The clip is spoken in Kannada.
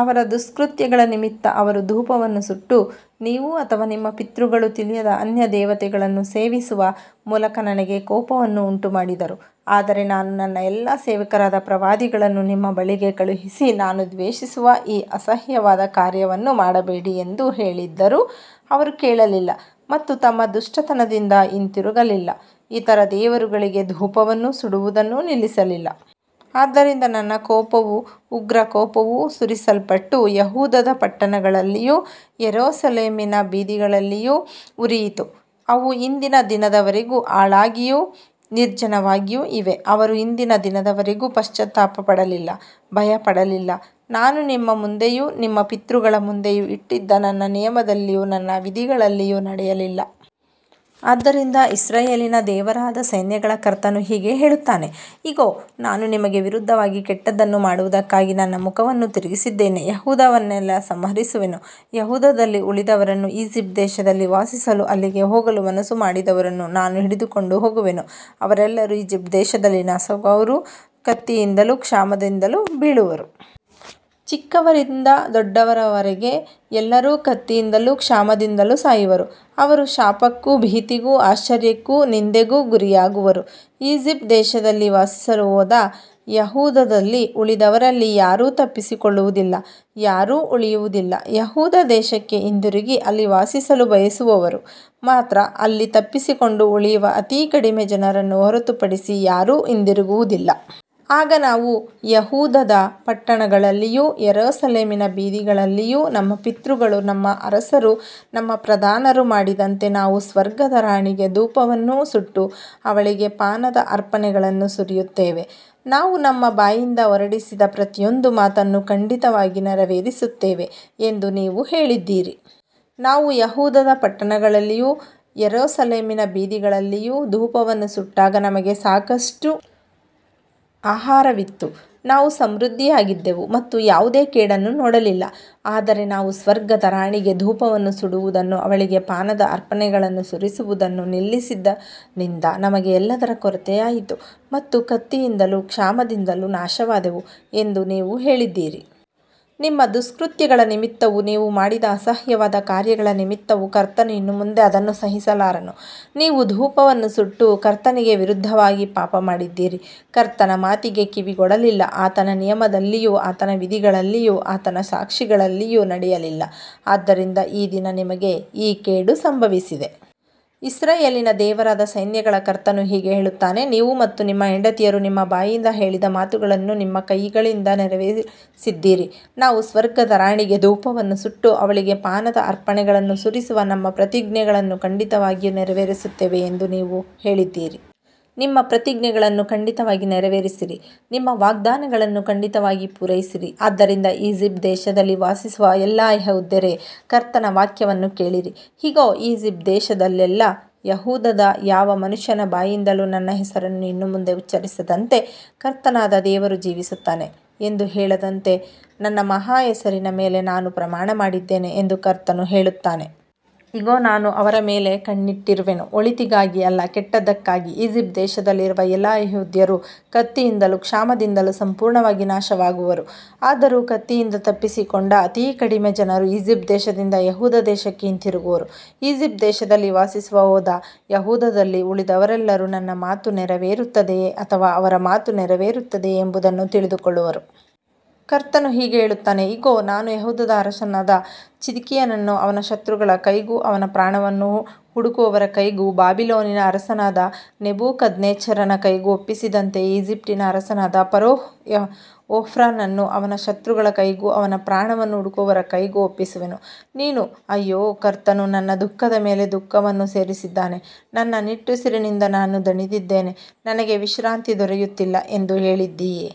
ಅವರ ದುಷ್ಕೃತ್ಯಗಳ ನಿಮಿತ್ತ ಅವರು ಧೂಪವನ್ನು ಸುಟ್ಟು, ನೀವು ಅಥವಾ ನಿಮ್ಮ ಪಿತೃಗಳು ತಿಳಿಯದ ಅನ್ಯದೇವತೆಗಳನ್ನು ಸೇವಿಸುವ ಮೂಲಕ ನನಗೆ ಕೋಪವನ್ನು ಉಂಟುಮಾಡಿದರು. ಆದರೆ ನಾನು ನನ್ನ ಎಲ್ಲಾ ಸೇವಕರಾದ ಪ್ರವಾದಿಗಳನ್ನು ನಿಮ್ಮ ಬಳಿಗೆ ಕಳುಹಿಸಿ, ನಾನು ದ್ವೇಷಿಸುವ ಈ ಅಸಹ್ಯವಾದ ಕಾರ್ಯವನ್ನು ಮಾಡಬೇಡಿ ಎಂದು ಹೇಳಿದ್ದರೂ ಅವರು ಕೇಳಲಿಲ್ಲ ಮತ್ತು ತಮ್ಮ ದುಷ್ಟತನದಿಂದ ಹಿಂದಿರುಗಲಿಲ್ಲ, ಇತರ ದೇವರುಗಳಿಗೆ ಧೂಪವನ್ನು ಸುಡುವುದನ್ನು ನಿಲ್ಲಿಸಲಿಲ್ಲ. ಆದ್ದರಿಂದ ನನ್ನ ಕೋಪವೂ ಉಗ್ರಕೋಪವೂ ಸುರಿಸಲ್ಪಟ್ಟು, ಯೆಹೂದದ ಪಟ್ಟಣಗಳಲ್ಲಿಯೂ ಯೆರೂಸಲೇಮಿನ ಬೀದಿಗಳಲ್ಲಿಯೂ ಉರಿಯಿತು, ಅವು ಇಂದಿನ ದಿನದವರೆಗೂ ಹಾಳಾಗಿಯೂ ನಿರ್ಜನವಾಗಿಯೂ ಇವೆ. ಅವರು ಇಂದಿನ ದಿನದವರೆಗೂ ಪಶ್ಚಾತ್ತಾಪಪಡಲಿಲ್ಲ, ಭಯಪಡಲಿಲ್ಲ, ನಾನು ನಿಮ್ಮ ಮುಂದೆಯೂ ನಿಮ್ಮ ಪಿತೃಗಳ ಮುಂದೆಯೂ ಇಟ್ಟಿದ್ದ ನನ್ನ ನಿಯಮದಲ್ಲಿಯೂ ನನ್ನ ವಿಧಿಗಳಲ್ಲಿಯೂ ನಡೆಯಲಿಲ್ಲ. ಆದ್ದರಿಂದ ಇಸ್ರಾಯೇಲಿನ ದೇವರಾದ ಸೈನ್ಯಗಳ ಕರ್ತನು ಹೀಗೆ ಹೇಳುತ್ತಾನೆ, ಇಗೋ, ನಾನು ನಿಮಗೆ ವಿರುದ್ಧವಾಗಿ ಕೆಟ್ಟದ್ದನ್ನು ಮಾಡುವುದಕ್ಕಾಗಿ ನನ್ನ ಮುಖವನ್ನು ತಿರುಗಿಸಿದ್ದೇನೆ, ಯೆಹೂದವನ್ನೆಲ್ಲಾ ಸಂಹರಿಸುವೆನು. ಯೆಹೂದದಲ್ಲಿ ಉಳಿದವರನ್ನು, ಈಜಿಪ್ಟ್ ದೇಶದಲ್ಲಿ ವಾಸಿಸಲು ಅಲ್ಲಿಗೆ ಹೋಗಲು ಮನಸ್ಸು ಮಾಡಿದವರನ್ನು, ನಾನು ಹಿಡಿದುಕೊಂಡು ಹೋಗುವೆನು, ಅವರೆಲ್ಲರೂ ಈಜಿಪ್ಟ್ ದೇಶದಲ್ಲಿ ನಾಶವಾಗುವರು, ಕತ್ತಿಯಿಂದಲೂ ಕ್ಷಾಮದಿಂದಲೂ ಬೀಳುವರು. ಚಿಕ್ಕವರಿಂದ ದೊಡ್ಡವರವರೆಗೆ ಎಲ್ಲರೂ ಕತ್ತಿಯಿಂದಲೂ ಕ್ಷಾಮದಿಂದಲೂ ಸಾಯುವರು, ಅವರು ಶಾಪಕ್ಕೂ ಭೀತಿಗೂ ಆಶ್ಚರ್ಯಕ್ಕೂ ನಿಂದೆಗೂ ಗುರಿಯಾಗುವರು. ಈಜಿಪ್ಟ್ ದೇಶದಲ್ಲಿ ವಾಸಿಸಲು ಹೋದ ಯೆಹೂದದಲ್ಲಿ ಉಳಿದವರಲ್ಲಿ ಯಾರೂ ತಪ್ಪಿಸಿಕೊಳ್ಳುವುದಿಲ್ಲ, ಯಾರೂ ಉಳಿಯುವುದಿಲ್ಲ, ಯೆಹೂದ ದೇಶಕ್ಕೆ ಹಿಂದಿರುಗಿ ಅಲ್ಲಿ ವಾಸಿಸಲು ಬಯಸುವವರು ಮಾತ್ರ, ಅಲ್ಲಿ ತಪ್ಪಿಸಿಕೊಂಡು ಉಳಿಯುವ ಅತಿ ಕಡಿಮೆ ಜನರನ್ನು ಹೊರತುಪಡಿಸಿ ಯಾರೂ ಹಿಂದಿರುಗುವುದಿಲ್ಲ. ಆಗ ನಾವು ಯೆಹೂದದ ಪಟ್ಟಣಗಳಲ್ಲಿಯೂ ಯೆರೂಸಲೇಮಿನ ಬೀದಿಗಳಲ್ಲಿಯೂ, ನಮ್ಮ ಪಿತೃಗಳೂ ನಮ್ಮ ಅರಸರೂ ನಮ್ಮ ಪ್ರಧಾನರೂ ಮಾಡಿದಂತೆ, ನಾವು ಸ್ವರ್ಗದ ರಾಣಿಗೆ ಧೂಪವನ್ನು ಸುಟ್ಟು, ಅವಳಿಗೆ ಪಾನದ ಅರ್ಪಣೆಗಳನ್ನು ಸುರಿಯುತ್ತೇವೆ, ನಾವು ನಮ್ಮ ಬಾಯಿಂದ ಹೊರಡಿಸಿದ ಪ್ರತಿಯೊಂದು ಮಾತನ್ನೂ ಖಂಡಿತವಾಗಿ ನೆರವೇರಿಸುತ್ತೇವೆ ಎಂದು ನೀವು ಹೇಳಿದ್ದೀರಿ. ನಾವು ಯೆಹೂದದ ಪಟ್ಟಣಗಳಲ್ಲಿಯೂ ಯೆರೂಸಲೇಮಿನ ಬೀದಿಗಳಲ್ಲಿಯೂ ಧೂಪವನ್ನು ಸುಟ್ಟಾಗ ನಮಗೆ ಸಾಕಷ್ಟು ಆಹಾರವಿತ್ತು, ನಾವು ಸಮೃದ್ಧಿಯಾಗಿದ್ದೆವು ಮತ್ತು ಯಾವುದೇ ಕೇಡನ್ನು ನೋಡಲಿಲ್ಲ. ಆದರೆ ನಾವು ಸ್ವರ್ಗದ ರಾಣಿಗೆ ಧೂಪವನ್ನು ಸುಡುವುದನ್ನೂ ಅವಳಿಗೆ ಪಾನದ ಅರ್ಪಣೆಗಳನ್ನು ಸುರಿಸುವುದನ್ನೂ ನಿಲ್ಲಿಸಿದಂದಿನಿಂದ ನಮಗೆ ಎಲ್ಲದರ ಕೊರತೆಯಾಯಿತು ಮತ್ತು ಕತ್ತಿಯಿಂದಲೂ ಕ್ಷಾಮದಿಂದಲೂ ನಾಶವಾದೆವು ಎಂದು ನೀವು ಹೇಳಿದ್ದೀರಿ. ನಿಮ್ಮ ದುಷ್ಕೃತ್ಯಗಳ ನಿಮಿತ್ತವೂ ನೀವು ಮಾಡಿದ ಅಸಹ್ಯವಾದ ಕಾರ್ಯಗಳ ನಿಮಿತ್ತವೂ ಕರ್ತನು ಇನ್ನು ಮುಂದೆ ಅದನ್ನು ಸಹಿಸಲಾರನು. ನೀವು ಧೂಪವನ್ನು ಸುಟ್ಟು ಕರ್ತನಿಗೆ ವಿರುದ್ಧವಾಗಿ ಪಾಪಮಾಡಿದ್ದೀರಿ, ಕರ್ತನ ಮಾತಿಗೆ ಕಿವಿಗೊಡಲಿಲ್ಲ, ಆತನ ನಿಯಮದಲ್ಲಿಯೂ ಆತನ ವಿಧಿಗಳಲ್ಲಿಯೂ ಆತನ ಸಾಕ್ಷಿಗಳಲ್ಲಿಯೂ ನಡೆಯಲಿಲ್ಲ, ಆದ್ದರಿಂದ ಈ ದಿನ ನಿಮಗೆ ಈ ಕೇಡು ಸಂಭವಿಸಿದೆ. ಇಸ್ರಾಯೇಲಿನ ದೇವರಾದ ಸೈನ್ಯಗಳ ಕರ್ತನು ಹೀಗೆ ಹೇಳುತ್ತಾನೆ, ನೀವು ಮತ್ತು ನಿಮ್ಮ ಹೆಂಡತಿಯರು ನಿಮ್ಮ ಬಾಯಿಂದ ಹೇಳಿದ ಮಾತುಗಳನ್ನು ನಿಮ್ಮ ಕೈಗಳಿಂದ ನೆರವೇರಿಸಿದ್ದೀರಿ, ನಾವು ಸ್ವರ್ಗದ ರಾಣಿಗೆ ಧೂಪವನ್ನು ಸುಟ್ಟು, ಅವಳಿಗೆ ಪಾನದ ಅರ್ಪಣೆಗಳನ್ನು ಸುರಿಸುವ ನಮ್ಮ ಪ್ರತಿಜ್ಞೆಗಳನ್ನು ಖಂಡಿತವಾಗಿ ನೆರವೇರಿಸುತ್ತೇವೆ ಎಂದು ನೀವು ಹೇಳಿದ್ದೀರಿ. ನಿಮ್ಮ ಪ್ರತಿಜ್ಞೆಗಳನ್ನು ಖಂಡಿತವಾಗಿ ನೆರವೇರಿಸಿರಿ, ನಿಮ್ಮ ವಾಗ್ದಾನಗಳನ್ನು ಖಂಡಿತವಾಗಿ ಪೂರೈಸಿರಿ. ಆದ್ದರಿಂದ ಈಜಿಪ್ಟ್ ದೇಶದಲ್ಲಿ ವಾಸಿಸುವ ಎಲ್ಲಾ ಯೆಹೂದ್ಯರೇ, ಕರ್ತನ ವಾಕ್ಯವನ್ನು ಕೇಳಿರಿ. ಇಗೋ, ಈಜಿಪ್ಟ್ ದೇಶದಲ್ಲೆಲ್ಲಾ ಯೆಹೂದದ ಯಾವ ಮನುಷ್ಯನ ಬಾಯಿಂದಲೂ ನನ್ನ ಹೆಸರನ್ನು ಇನ್ನು ಮುಂದೆ ಉಚ್ಚರಿಸದಂತೆ, ಕರ್ತನಾದ ದೇವರು ಜೀವಿಸುತ್ತಾನೆ ಎಂದು ಹೇಳದಂತೆ, ನನ್ನ ಮಹಾ ಹೆಸರಿನ ಮೇಲೆ ನಾನು ಪ್ರಮಾಣಮಾಡಿದ್ದೇನೆ ಎಂದು ಕರ್ತನು ಹೇಳುತ್ತಾನೆ. ಇಗೋ, ನಾನು ಅವರ ಮೇಲೆ ಕಣ್ಣಿಟ್ಟಿರುವೆನು, ಒಳಿತಿಗಾಗಿ ಅಲ್ಲ, ಕೆಟ್ಟದ್ದಕ್ಕಾಗಿ, ಈಜಿಪ್ಟ್ ದೇಶದಲ್ಲಿರುವ ಎಲ್ಲಾ ಯೆಹೂದ್ಯರು ಕತ್ತಿಯಿಂದಲೂ ಕ್ಷಾಮದಿಂದಲೂ ಸಂಪೂರ್ಣವಾಗಿ ನಾಶವಾಗುವರು. ಆದರೂ ಕತ್ತಿಯಿಂದ ತಪ್ಪಿಸಿಕೊಂಡ ಅತಿ ಕಡಿಮೆ ಜನರು ಈಜಿಪ್ಟ್ ದೇಶದಿಂದ ಯೆಹೂದ ದೇಶಕ್ಕೆ ಹಿಂದಿರುಗುವರು. ಈಜಿಪ್ಟ್ ದೇಶದಲ್ಲಿ ವಾಸಿಸಲು ಹೋದ ಯೆಹೂದದಲ್ಲಿ ಉಳಿದವರೆಲ್ಲರೂ ನನ್ನ ಮಾತು ನೆರವೇರುತ್ತದೆಯೋ ಅಥವಾ ಅವರ ಮಾತು ನೆರವೇರುತ್ತದೆಯೋ ಎಂಬುದನ್ನು ತಿಳಿದುಕೊಳ್ಳುವರು. ಕರ್ತನು ಹೀಗೆ ಹೇಳುತ್ತಾನೆ, ಇಗೋ, ನಾನು ಯೆಹೂದದ ಅರಸನಾದ ಚಿದ್ಕೀಯನನ್ನು ಅವನ ಶತ್ರುಗಳ ಕೈಗೂ ಅವನ ಪ್ರಾಣವನ್ನು ಹುಡುಕುವವರ ಕೈಗೂ, ಬಾಬಿಲೋನಿನ ಅರಸನಾದ ನೆಬೂಕದ್ನೆಚ್ಚರನ ಕೈಗೂ ಒಪ್ಪಿಸಿದಂತೆಯೇ, ಈಜಿಪ್ಟಿನ ಅರಸನಾದ ಫರೋಹ್ ಹೋಫ್ರನನ್ನೂ ಅವನ ಶತ್ರುಗಳ ಕೈಗೂ ಅವನ ಪ್ರಾಣವನ್ನು ಹುಡುಕುವವರ ಕೈಗೂ ಒಪ್ಪಿಸುವೆನು. ನೀನು, ಅಯ್ಯೋ, ಕರ್ತನು ನನ್ನ ದುಃಖದ ಮೇಲೆ ದುಃಖವನ್ನು ಸೇರಿಸಿದ್ದಾನೆ, ನನ್ನ ನಿಟ್ಟುಸಿರಿನಿಂದ ನಾನು ದಣಿದಿದ್ದೇನೆ, ನನಗೆ ವಿಶ್ರಾಂತಿ ದೊರೆಯುತ್ತಿಲ್ಲ ಎಂದು ಹೇಳಿದ್ದೀಯೆ.